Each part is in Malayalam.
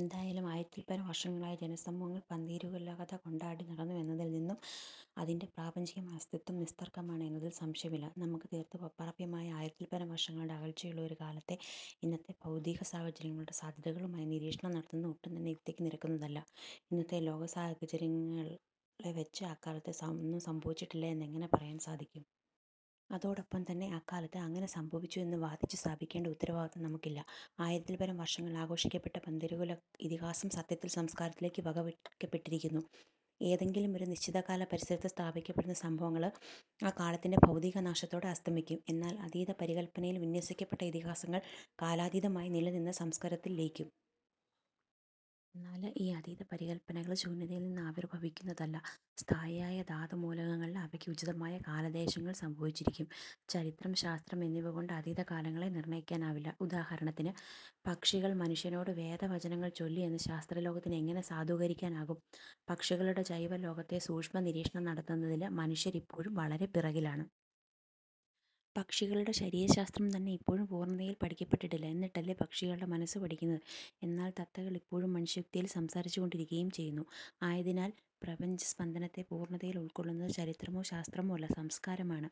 എന്തായാലും ആയിരത്തില്പരം വര്ഷങ്ങളായി ജനസമൂഹങ്ങള് പന്തിരുകുലകഥ കൊണ്ടാടി നടന്നു എന്നതില് നിന്നും അതിന്റെ പ്രാപഞ്ചികമായ അസ്തിത്വം നിസ്തര്ക്കമാണ് എന്നതില് സംശയമില്ല. നമുക്ക് തീര്ത്തും അപ്രാപ്യമായ ആയിരത്തില്പരം വര്ഷങ്ങളുടെ അകല്ച്ചയുള്ള ഒരു കാലത്തെ ഇന്നത്തെ ഭൗതികസാഹചര്യങ്ങളുടെ സാധ്യതകളുമായി നിരീക്ഷണം നടത്തുന്നത് ഒട്ടുംതന്നെ യുക്തിക്ക് നിരക്കുന്നതല്ല. ഇന്നത്തെ ലോകസാഹചര്യങ്ങള്വെച്ച് അക്കാലത്തങ്ങനെ സംഭവിച്ചിട്ടില്ല എന്നെങ്ങനെ പറയാന് സാധിക്കും. അതോടൊപ്പംതന്നെ അക്കാലത്ത് അങ്ങനെ സംഭവിച്ചു എന്ന് വാദിച്ചു സ്ഥാപിക്കേണ്ട ഉത്തരവാദിത്വവും നമുക്കില്ല. ആയിരത്തില്പരം വര്ഷങ്ങള് ആഘോഷിക്കപ്പെട്ട പന്തിരുകുല ഇതിഹാസം സത്യത്തില് സംസ്കാരത്തിലേക്ക് വകവെക്കപ്പെട്ടിരിക്കുന്നു. ഏതെങ്കിലുമൊരു നിശ്ചിതകാല പരിസരത്ത് സ്ഥാപിക്കപ്പെടുന്ന സംഭവങ്ങള് ആ കാലത്തിന്റെ ഭൗതിക നാശത്തോടെ അസ്തമിക്കും. എന്നാല് അതീത പരികല്പനയില് വിന്യസിക്കപ്പെട്ട ഇതിഹാസങ്ങള് കാലാതീതമായി നിലനിന്ന് 'സംസ്കാര'ത്തില് ലയിക്കും. എന്നാല് ഈ അതീതപരികല്പനകള് ശൂന്യതയില് നിന്നാവിര്ഭവിക്കുന്നതല്ല. സ്ഥായിയായ ധാതുമൂലകങ്ങളില് അവയ്ക്ക് ഉചിതമായ കാലദേശങ്ങള് സംഭവിച്ചിരിക്കും. ചരിത്രം ശാസ്ത്രം എന്നിവകൊണ്ട് അതീത കാലങ്ങളെ നിര്ണയിക്കാനാവില്ല. ഉദാഹരണത്തിന് പക്ഷികള് മനുഷ്യനോട് വേദവചനങ്ങള് ചൊല്ലി എന്നത് ശാസ്ത്രലോകത്തിന് എങ്ങനെ സാധൂകരിക്കാനാവും. പക്ഷികളുടെ ജൈവലോകത്തെ സൂക്ഷ്മനിരീക്ഷണം നടത്തുന്നതില് മനുഷ്യര് ഇപ്പോഴും വളരെ പിറകിലാണ്. പക്ഷികളുടെ ശരീരശാസ്ത്രം തന്നെ ഇപ്പോഴും പൂര്ണതയില് പഠിക്കപ്പെട്ടിട്ടില്ല. എന്നിട്ടല്ലേ പക്ഷികളുടെ മനസ്സ് പഠിക്കുന്നത്. എന്നാല് തത്തകള് ഇപ്പോഴും മനുഷ്യയുക്തിയില് സംസാരിച്ചുകൊണ്ടിരിക്കുകയും ചെയ്യുന്നു. ആയതിനാല് പ്രപഞ്ച സ്പന്ദനത്തെ പൂര്ണതയില് ഉള്ക്കൊള്ളുന്നത് ചരിത്രമോ ശാസ്ത്രമോ അല്ല സംസ്കാരമാണ്.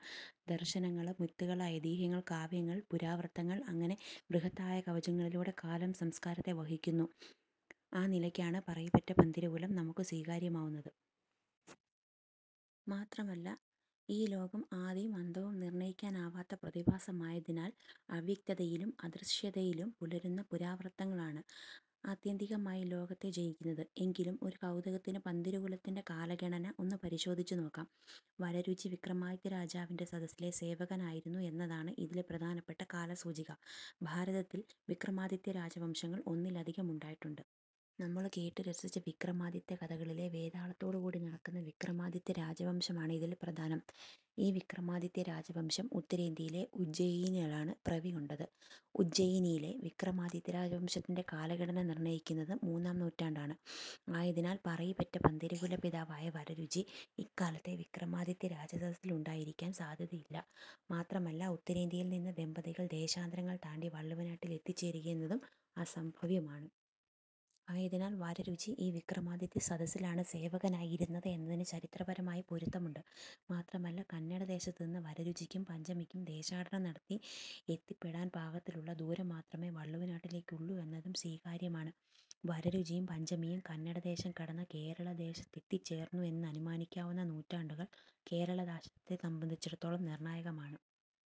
ദര്ശനങ്ങള്, മിത്തുകള്, ഐതിഹ്യങ്ങള്, കാവ്യങ്ങള്, പുരാവൃത്തങ്ങള് അങ്ങനെ ബൃഹത്തായ കവചങ്ങളിലൂടെ കാലം സംസ്കാരത്തെ വഹിക്കുന്നു. ആ നിലയ്ക്കാണ് പറയിപെറ്റ പന്തിരുകുലം നമുക്ക് സ്വീകാര്യമാവുന്നത്. മാത്രമല്ല ഈ ലോകംതന്നെ ആദിയും അന്തവും നിര്ണയിക്കാനാവാത്ത പ്രതിഭാസമായതിനാല് അവ്യക്തതയിലും അദൃശ്യതയിലും പുലരുന്ന പുരാവൃത്തങ്ങളാണ് ആത്യന്തികമായി ലോകത്തെ ജയിക്കുന്നത്. എങ്കിലും ഒരു കൗതുകത്തിന് പന്തിരുകുലത്തിന്റെ കാലഗണന ഒന്നു പരിശോധിച്ചുനോക്കാം. വരരുചി വിക്രമാദിത്യരാജാവിന്റെ സദസ്സിലെ സേവകനായിരുന്നു എന്നതാണ് ഇതില് പ്രധാനപ്പെട്ട കാലസൂചിക. ഭാരതത്തില് വിക്രമാദിത്യ രാജവംശങ്ങള് ഒന്നിലധികമുണ്ടായിട്ടുണ്ട്. നമ്മള് കേട്ടുരസിച്ച വിക്രമാദിത്യകഥകളിലെ വേതാളത്തോടുകൂടി നടക്കുന്ന വിക്രമാദിത്യ രാജവംശമാണ് ഇതില് പ്രധാനം. ഈ വിക്രമാദിത്യ രാജവംശം ഉത്തരേന്ത്യയിലെ ഉജ്ജയിനിയിലാണ് പിറവികൊണ്ടത്. ഉജ്ജയിനിയിലെ വിക്രമാദിത്യ രാജവംശത്തിന്റെ കാലഗണന നിര്ണയിച്ചിരിക്കുന്നത് മൂന്നാംനൂറ്റാണ്ടാണ്. ആയതിനാല് പറയിപെറ്റ പന്തിരുകുല പിതാവായ വരരുചി ഇക്കാലത്തെ വിക്രമാദിത്യ രാജസദസ്സിലുണ്ടായിരിക്കാന് സാധ്യതയില്ല. മാത്രമല്ല ഉത്തരേന്ത്യയില് നിന്ന് ദമ്പതികള് ദേശാന്തരങ്ങള് താണ്ടി വള്ളുവനാട്ടില് എത്തിച്ചേരുകയെന്നതും അസംഭവ്യമാണ്. ആയതിനാല് വരരുചി ഈ വിക്രമാദിത്യ സദസ്സിലാണ് സേവകനായി ഇരുന്നത് എന്നതിന് ചരിത്രപരമായ പൊരുത്തമുണ്ട്. മാത്രമല്ല. കന്നഡദേശത്തുനിന്ന് വരരുചിക്കും പഞ്ചമിക്കും ദേശാടനം നടത്തി എത്തിപ്പെടാന് പാകത്തിലുള്ള ദൂരം മാത്രമേ വള്ളുവനാട്ടിലേക്കുള്ളൂ എന്നതും സ്വീകാര്യമാണ്. വരരുചിയും പഞ്ചമിയും കന്നഡദേശം കടന്ന് കേരളദേശത്തെത്തിച്ചേര്ന്നു എന്ന് അനുമാനിക്കാവുന്ന നൂറ്റാണ്ടുകള് കേരളദേശത്തെ സംബന്ധിച്ചിടത്തോളം നിര്ണായകമാണ്.